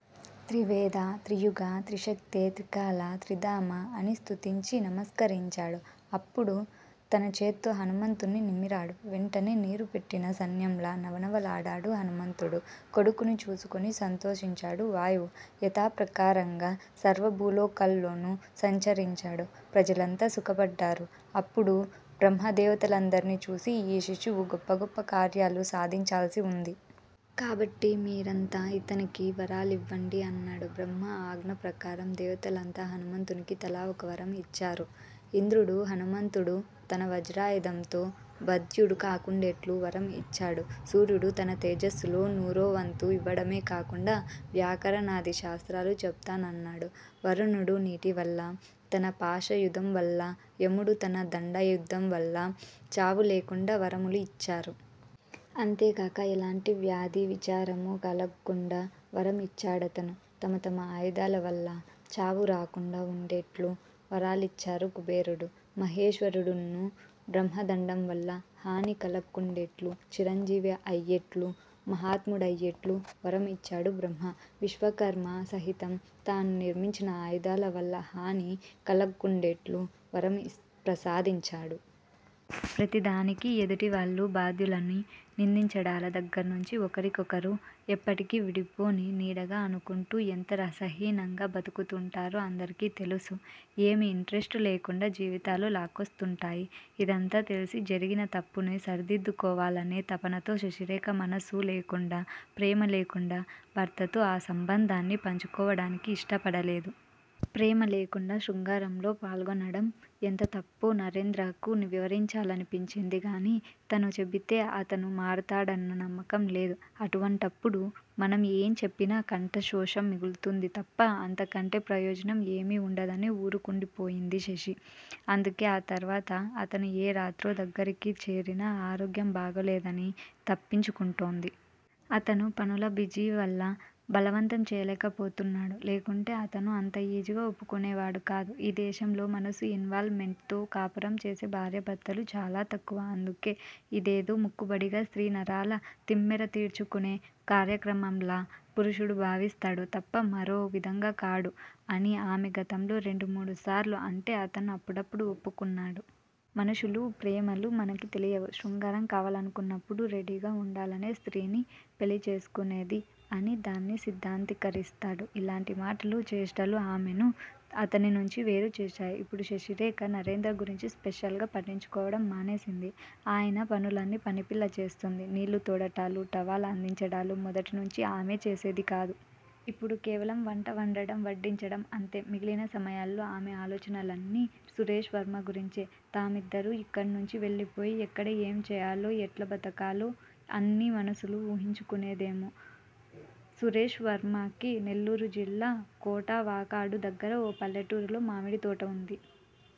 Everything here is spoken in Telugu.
త్రివేదా? త్రియుగా? త్రిశక్తే! త్రికాలా! త్రిధామా! అని స్తుతించి నమస్కరించాడు. అప్పుడు తన చేత్తో హనుమంతుణ్ని నిమిరాడు. వెంటనే నీరు పెట్టిన సన్యంలా నవనవలాడాడు హనుమంతుడు కొడుకుని చూసుకొని సంతోషించాడు వాయువు. యథాప్రకారంగా సర్వభూలోకాల్లోనూ సంచరించాడు. ప్రజలంతా సుఖపడ్డారు. అప్పడు బ్రహ్మదేవతలందర్ని చూసి ఈ శిశువు గొప్ప గొప్ప కార్యాలు సాధించాల్సి వుంది. కాబట్టి మీరంతా ఇతనికి వరాలివ్వండి అన్నాడు. బ్రహ్మ ఆజ్ఞప్రకారం దేవతలంతా హనుమంతునికి తలా ఒకవరం ఇచ్చారు. ఇంద్రుడు హనుమంతుడు తన వజ్రాయుధంతో వధ్యుడు కాకుండేట్లు వరం ఇచ్చాడు సూర్యుడు తన తేజస్సులో నూరోవంతు ఇవ్వడమే కాకుండా వ్యాకరణాది శాస్త్రాలు చెపుతానన్నాడు. వరుణుడు నీటివల్లా, తన పాశాయుధంవల్లా యముడు తన దండాయుధంవల్ల చావులేకుండా వరములు ఇచ్చారు. అంతేకాక ఏలాంటి వ్యాధీ, విచారమూ కాలక్కుండా వరం ఇచ్చాడతను. తమ తమ ఆయుధాలవల్ల చావు రాకుండా వుండేట్లు వరాలిచ్చారు కుబేరుడూ, మహేశ్వరుడున్నూ, బ్రహ్మదండంవల్ల హాని కలక్కుండేట్లూ, చిరంజీవి అయ్యేట్లూ, మహాత్ముడయ్యేట్లూ వరం ఇచ్చాడు బ్రహ్మ. విశ్వకర్మ సహితం తాను నిర్మించిన ఆయుధాలవల్ల హాని కలక్కుండేట్లూ వరం ప్రసాదించాడు. ప్రతిదానికి ఎదుటివాళ్ళు బాధ్యులని నిందించడాల దగ్గర్నుంచి ఒకరి కొకరు ఎప్పటికి విడిపోని నీడగా అనుకుంటూ ఎంత రసహీనంగా బతుకుతుంటారో అందరికి తెలుసు. ఏమీ ఇంట్రెస్టు లేకుండా జీవితాలు లాక్కొస్తుంటాయి. ఇదంతా తెలిసి, జరిగిన తప్పుని సరిదిద్దుకోవాలనే తపనతోనే శశిరేఖ మనసు లేకుండా, ప్రేమ లేకుండా భర్తతో ఆ సంబంధాన్ని పంచుకోవడానికి ఇష్టపడలేదు. ప్రేమ లేకుండా శృంగారంలో పాల్గొనడం ఎంత తప్పో నరేంద్రకు వివరించాలనిపించింది గాని తను చెబితే అతను మారతాడన్న నమ్మకం లేదు. అటువంటప్పుడు మనం ఏం చెప్పినా కంఠశోష మిగులుతుంది తప్ప అంతకంటే ప్రయోజనం ఏమీ వుండదని ఊరుకుండిపోయింది శశి. అందుకే ఆ తర్వాత అతను ఏ రాత్రో దగ్గిరికి చేరినా ఆరోగ్యం బాగాలేదని తప్పించుకుంటోంది. అతనూ పనుల బిజివల్ల బలవంతం చేయలేకపోతున్నాడు. లేకుంటే అతను అంత ఈజీగా ఒప్పుకునేవాడుకాదు. ఈదేశంలో మనసు ఇన్వాల్ మెంట్ తో కాపురం చేసే భార్యభర్తలు చాలా తక్కువ. అందుకే ఇదేదో మొక్కుబడిగా స్త్రీనరాల తిమ్మెర తీర్చుకునే కార్యక్రమంలా పురుషుడూ భావిస్తాడు. తప్ప మరో విదంగా కాడు అని అమె గతంలో రెండు మూడు సార్లు అంటే అతనూ అప్పుడప్పుడూ ఒప్పుకున్నాడు. మనుషులూ, ప్రేమలూ, మనకి తెలియవు. శృంగారం కావాలనుకున్నప్పుడు రెడీగా వుండాలనే స్త్రీని పెళ్ళిచేసుకునేది అని దాన్ని సిద్దాంతికరిస్తాడు. ఇలాంటి మాటలు, చేష్టలు అమెను అతని నుంచి వేరుచేశాయి. ఇప్పుడు శశిరేఖ నరేంద్ర గురించి స్పెషల్ గా పట్టించుకోవడం మానేసింది. ఆయన పనులన్నీ పనిపిల్ల చేస్తుంది. నీళ్ళు తోడటాలు, టవల్ అందించడాలూ, మొదటినుంచీ అమె చేసేదికాదు. ఇప్పుడు కేవలం వంట వండటం, వడ్డించటం- అంతే. మిగిలిన సమయాల్లో అమె అలోచనలన్నీ సురేష్ వర్మ గురించే. తామిద్దరూ ఇక్కడ్నుంచి వెళ్ళిపోయి ఎక్కడ ఏం చేయాలో ఎట్లా బతకాలో అన్నీ మనసులో ఊహించుకునేదామె. సురేష్ వర్మకి నెల్లూరుజిల్లా కోటా వాకాడు దగ్గర ఓ పల్లెటూరిలో మామిడితోట వుంది.